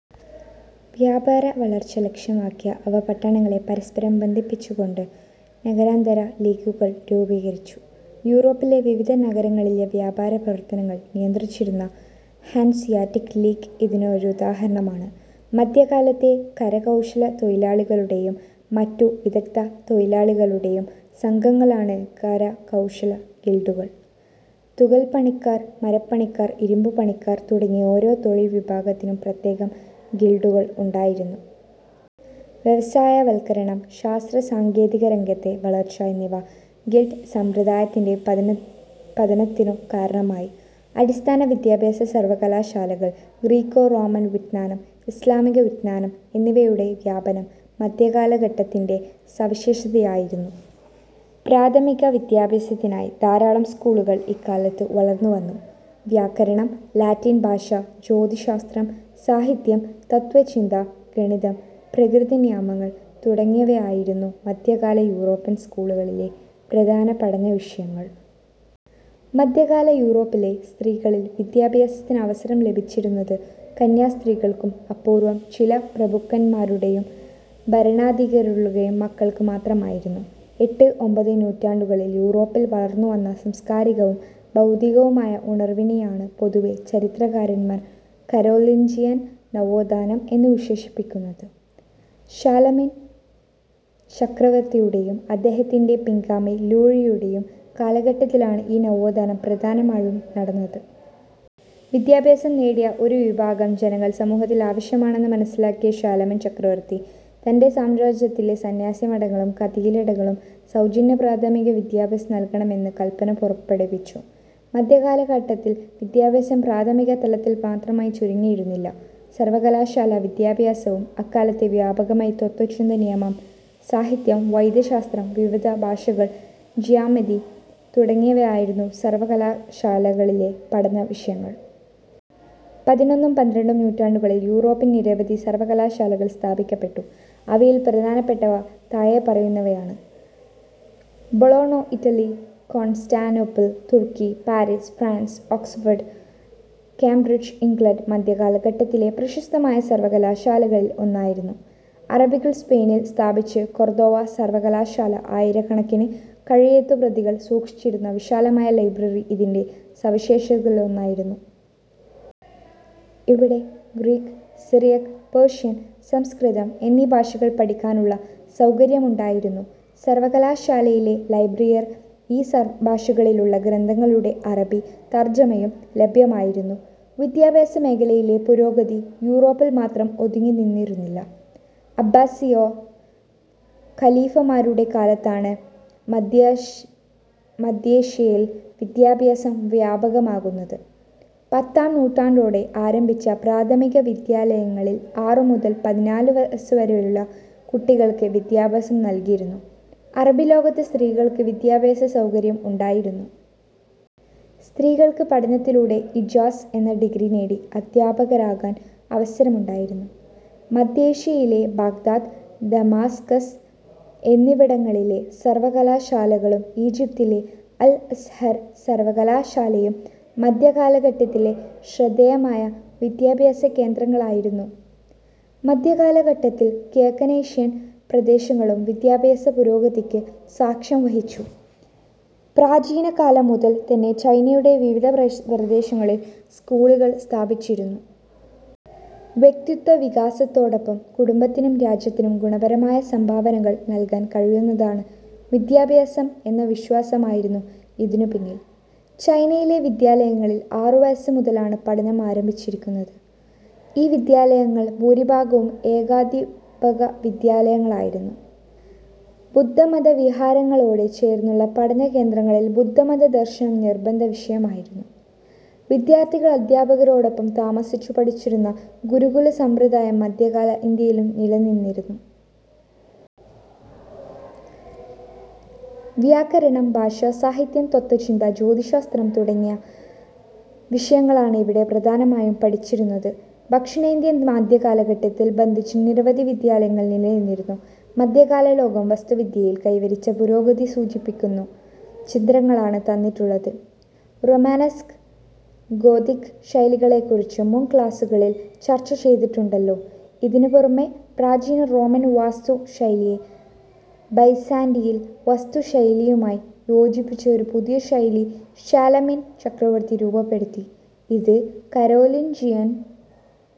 വ്യാപാര വളർച്ച ലക്ഷ്യമാക്കിയ അവ പട്ടണങ്ങളെ പരസ്പരം ബന്ധിപ്പിച്ചുകൊണ്ട് നഗരാന്തര ലീഗുകൾ രൂപീകരിച്ചു. യൂറോപ്പിലെ വിവിധ നഗരങ്ങളിലെ വ്യാപാരപ്രവർത്തനങ്ങൾ നിയന്ത്രിച്ചിരുന്ന ഹാൻസിയാറ്റിക് ലീഗ് ഇതിനൊരുദാഹരണമാണ്. മധ്യകാലത്തെ കരകൗശലത്തൊഴിലാളികളുടെയും മറ്റു വിദഗ്ധതൊഴിലാളികളുടെയും സംഘങ്ങളാണ് കരകൗശല ഗിൽഡുകൾ. തുകൽപ്പണിക്കാർ, മരപ്പണിക്കാർ, ഇരുമ്പുപണിക്കാർ തുടങ്ങി ഓരോ തൊഴിൽ വിഭാഗത്തിനും പ്രത്യേകം ഗിൽഡുകൾ ഉണ്ടായിരുന്നു. വ്യവസായവൽക്കരണം, ശാസ്ത്ര-സാങ്കേതികരംഗത്തെ വളർച്ച എന്നിവ ഗിൽഡ് സമ്പ്രദായത്തിന്റെ പതനത്തിനു കാരണമായി. അടിസ്ഥാന വിദ്യാഭ്യാസം, സർവകലാശാലകൾ, ഗ്രീക്കോ-റോമൻ വിജ്ഞാനം, ഇസ്ലാമികവിജ്ഞാനം എന്നിവയുടെ വ്യാപനം മധ്യകാലഘട്ടത്തിന്റെ സവിശേഷതയായിരുന്നു. പ്രാഥമിക വിദ്യാഭ്യാസത്തിനായി ധാരാളം സ്കൂളുകൾ ഇക്കാലത്ത് വളർന്നുവന്നു. വ്യാകരണം, ലാറ്റിൻ ഭാഷ, ജ്യോതിശ്ശാസ്ത്രം, സാഹിത്യം, തത്ത്വചിന്ത, ഗണിതം, പ്രകൃതിനിയമങ്ങൾ തുടങ്ങിയവയായിരുന്നു മധ്യകാല യൂറോപ്യൻ സ്കൂളുകളിലെ പ്രധാന പഠനവിഷയങ്ങൾ. മധ്യകാല യൂറോപ്പിലെ സ്ത്രീകളിൽ വിദ്യാഭ്യാസത്തിന് അവസരം ലഭിച്ചിരുന്നത് കന്യാസ്ത്രീകൾക്കും അപൂർവം ചില പ്രഭുക്കന്മാരുടെയും ഭരണാധികാരികളുടെയും മക്കൾക്കും മാത്രമായിരുന്നു. എട്ട്, ഒമ്പത് നൂറ്റാണ്ടുകളിൽ യൂറോപ്പിൽ വളർന്നു വന്ന സാംസ്കാരികവും ഭൗതികവുമായ ഉണർവിനെയാണ് പൊതുവെ ചരിത്രകാരന്മാർ കരോലിൻജിയൻ നവോത്ഥാനം' എന്ന് വിശേഷിപ്പിക്കുന്നത്. ഷാലമീൻ ചക്രവർത്തിയുടെയും അദ്ദേഹത്തിന്റെ പിൻഗാമി ലൂയിയുടെയും കാലഘട്ടത്തിലാണ് ഈ നവോത്ഥാനം പ്രധാനമായും നടന്നത്. വിദ്യാഭ്യാസം നേടിയ ഒരു വിഭാഗം ജനങ്ങൾ സമൂഹത്തിൽ ആവശ്യമാണെന്ന് മനസിലാക്കിയ ഷാലമീൻ ചക്രവർത്തി തന്റെ സാമ്രാജ്യത്തിലെ സന്യാസി മഠങ്ങളും കത്തീഡലുകളും സൗജന്യ പ്രാഥമിക വിദ്യാഭ്യാസം നൽകണമെന്ന് കല്പന പുറപ്പെടുവിച്ചു. മധ്യകാലഘട്ടത്തിൽ വിദ്യാഭ്യാസം പ്രാഥമിക തലത്തിൽ മാത്രമായി ചുരുങ്ങിയിരുന്നില്ല. സർവകലാശാലാ വിദ്യാഭ്യാസവും അക്കാലത്ത് വ്യാപകമായി. തത്വചിന്തനിയമം, സാഹിത്യം, വൈദ്യശാസ്ത്രം, വിവിധ ഭാഷകൾ, ജ്യാമിതി തുടങ്ങിയവയായിരുന്നു സർവകലാശാലകളിലെ പഠന വിഷയങ്ങൾ. പതിനൊന്നും പന്ത്രണ്ടും നൂറ്റാണ്ടുകളിൽ യൂറോപ്പിൽ നിരവധി സർവകലാശാലകൾ സ്ഥാപിക്കപ്പെട്ടു. അവയിൽ പ്രധാനപ്പെട്ടവ താഴെ പറയുന്നവയാണ്. ബൊളോണ-ഇറ്റലി, കോൺസ്റ്റാന്റിനോപ്പിൾ തുർക്കി, Paris France, Oxford, Cambridge -England. മധ്യകാലഘട്ടത്തിലെ പ്രശസ്തമായ സർവകലാശാലകളിൽ ഒന്നായിരുന്നു അറബികൾ സ്പെയിനിൽ സ്ഥാപിച്ച് കൊർദോവ സർവകലാശാല. ആയിരക്കണക്കിന് കൈയെഴുത്തുപ്രതികൾ സൂക്ഷിച്ചിരുന്ന വിശാലമായ ലൈബ്രറി ഇതിന്റെ സവിശേഷതകളിലൊന്നായിരുന്നു. ഇവിടെ ഗ്രീക്ക്, സിറിയക്, പേർഷ്യൻ, സംസ്കൃതം എന്നീ ഭാഷകൾ പഠിക്കാനുള്ള സൗകര്യമുണ്ടായിരുന്നു. സർവകലാശാലയിലെ ലൈബ്രറിയിൽ ഈ ഭാഷകളിലുള്ള ഗ്രന്ഥങ്ങളുടെ അറബി തർജമയും ലഭ്യമായിരുന്നു. വിദ്യാഭ്യാസ മേഖലയിലെ പുരോഗതി യൂറോപ്പിൽ മാത്രം ഒതുങ്ങി നിന്നിരുന്നില്ല. അബ്ബാസിയോ ഖലീഫമാരുടെ കാലത്താണ് മധ്യേഷ്യയിൽ വിദ്യാഭ്യാസം വ്യാപകമാകുന്നത്. പത്താം നൂറ്റാണ്ടോടെ ആരംഭിച്ച പ്രാഥമിക വിദ്യാലയങ്ങളിൽ ആറുമുതൽ പതിനാലു വയസ്സുവരെയുള്ള കുട്ടികൾക്ക് വിദ്യാഭ്യാസം നൽകിയിരുന്നു അറബി ലോകത്ത് സ്ത്രീകൾക്ക് വിദ്യാഭ്യാസസൗകര്യം ഉണ്ടായിരുന്നു. സ്ത്രീകൾക്ക് പഠനത്തിലൂടെ ഇജാസ് എന്ന ഡിഗ്രി നേടി അധ്യാപകരാകാൻ അവസരമുണ്ടായിരുന്നു. മധ്യേഷ്യയിലെ ബാഗ്ദാദ്, ദമാസ്കസ് എന്നിവിടങ്ങളിലെ സർവകലാശാലകളും ഈജിപ്തിലെ അൽ അസ്ഹർ സർവകലാശാലയും മധ്യകാലഘട്ടത്തിലെ ശ്രദ്ധേയമായ വിദ്യാഭ്യാസകേന്ദ്രങ്ങളായിരുന്നു. മധ്യകാലഘട്ടത്തിൽ കിഴക്കനേഷ്യൻ പ്രദേശങ്ങളും വിദ്യാഭ്യാസപുരോഗതിക്ക് സാക്ഷ്യം വഹിച്ചു. പ്രാചീനകാലം മുതൽ തന്നെ ചൈനയുടെ വിവിധ പ്രദേശങ്ങളിൽ സ്കൂളുകൾ സ്ഥാപിച്ചിരുന്നു. വ്യക്തിത്വ വികാസത്തോടൊപ്പം കുടുംബത്തിനും രാജ്യത്തിനും ഗുണപരമായ സംഭാവനകൾ നൽകാൻ കഴിയുന്നതാണ് വിദ്യാഭ്യാസം എന്ന വിശ്വാസമായിരുന്നു ഇതിനു പിന്നിൽ. ചൈനയിലെ വിദ്യാലയങ്ങളിൽ ആറുവയസ്സുമുതലാണ് പഠനം ആരംഭിച്ചിരുന്നത്. ഈ വിദ്യാലയങ്ങൾ ഭൂരിഭാഗവും ഏകാധ്യാപക വിദ്യാലയങ്ങളായിരുന്നു. ബുദ്ധമതവിഹാരങ്ങളോടു ചേർന്നുള്ള പഠനകേന്ദ്രങ്ങളിൽ ബുദ്ധമത ദർശനം നിർബന്ധവിഷയമായിരുന്നു. വിദ്യാർഥികൾ അധ്യാപകരോടൊപ്പം താമസിച്ചു പഠിച്ചിരുന്ന ഗുരുകുലസമ്പ്രദായം മധ്യകാല ഇന്ത്യയിലും നിലനിന്നിരുന്നു. വ്യാകരണം, ഭാഷ, സാഹിത്യം, തത്ത്വചിന്ത, ജ്യോതിശ്ശാസ്ത്രം തുടങ്ങിയ വിഷയങ്ങളാണ് ഇവിടെ പ്രധാനമായും പഠിച്ചിരുന്നത്. ദക്ഷിണേന്ത്യയിൽ മധ്യകാലഘട്ടത്തിൽ ബന്ധിച്ച് നിരവധി വിദ്യാലയങ്ങൾ നിലനിന്നിരുന്നു. മധ്യകാലലോകം വസ്തുവിദ്യയിൽ കൈവരിച്ച പുരോഗതി സൂചിപ്പിക്കുന്ന ചിത്രങ്ങളാണ് തന്നിട്ടുള്ളത്. റോമനസ്ക്, ഗോഥിക് ശൈലികളെക്കുറിച്ച് മുൻ ക്ലാസുകളിൽ ചർച്ചചെയ്തിട്ടുണ്ടല്ലോ. ഇതിനു പുറമെ പ്രാചീന റോമൻ വാസ്തുശൈലിയെ ബൈസാന്റയിൻ വസ്തുശൈലിയുമായി യോജിപ്പിച്ച ഒരു പുതിയ ശൈലി ഷാലമീൻ ചക്രവർത്തി രൂപപ്പെടുത്തി. ഇത് കരോലിൻജിയൻ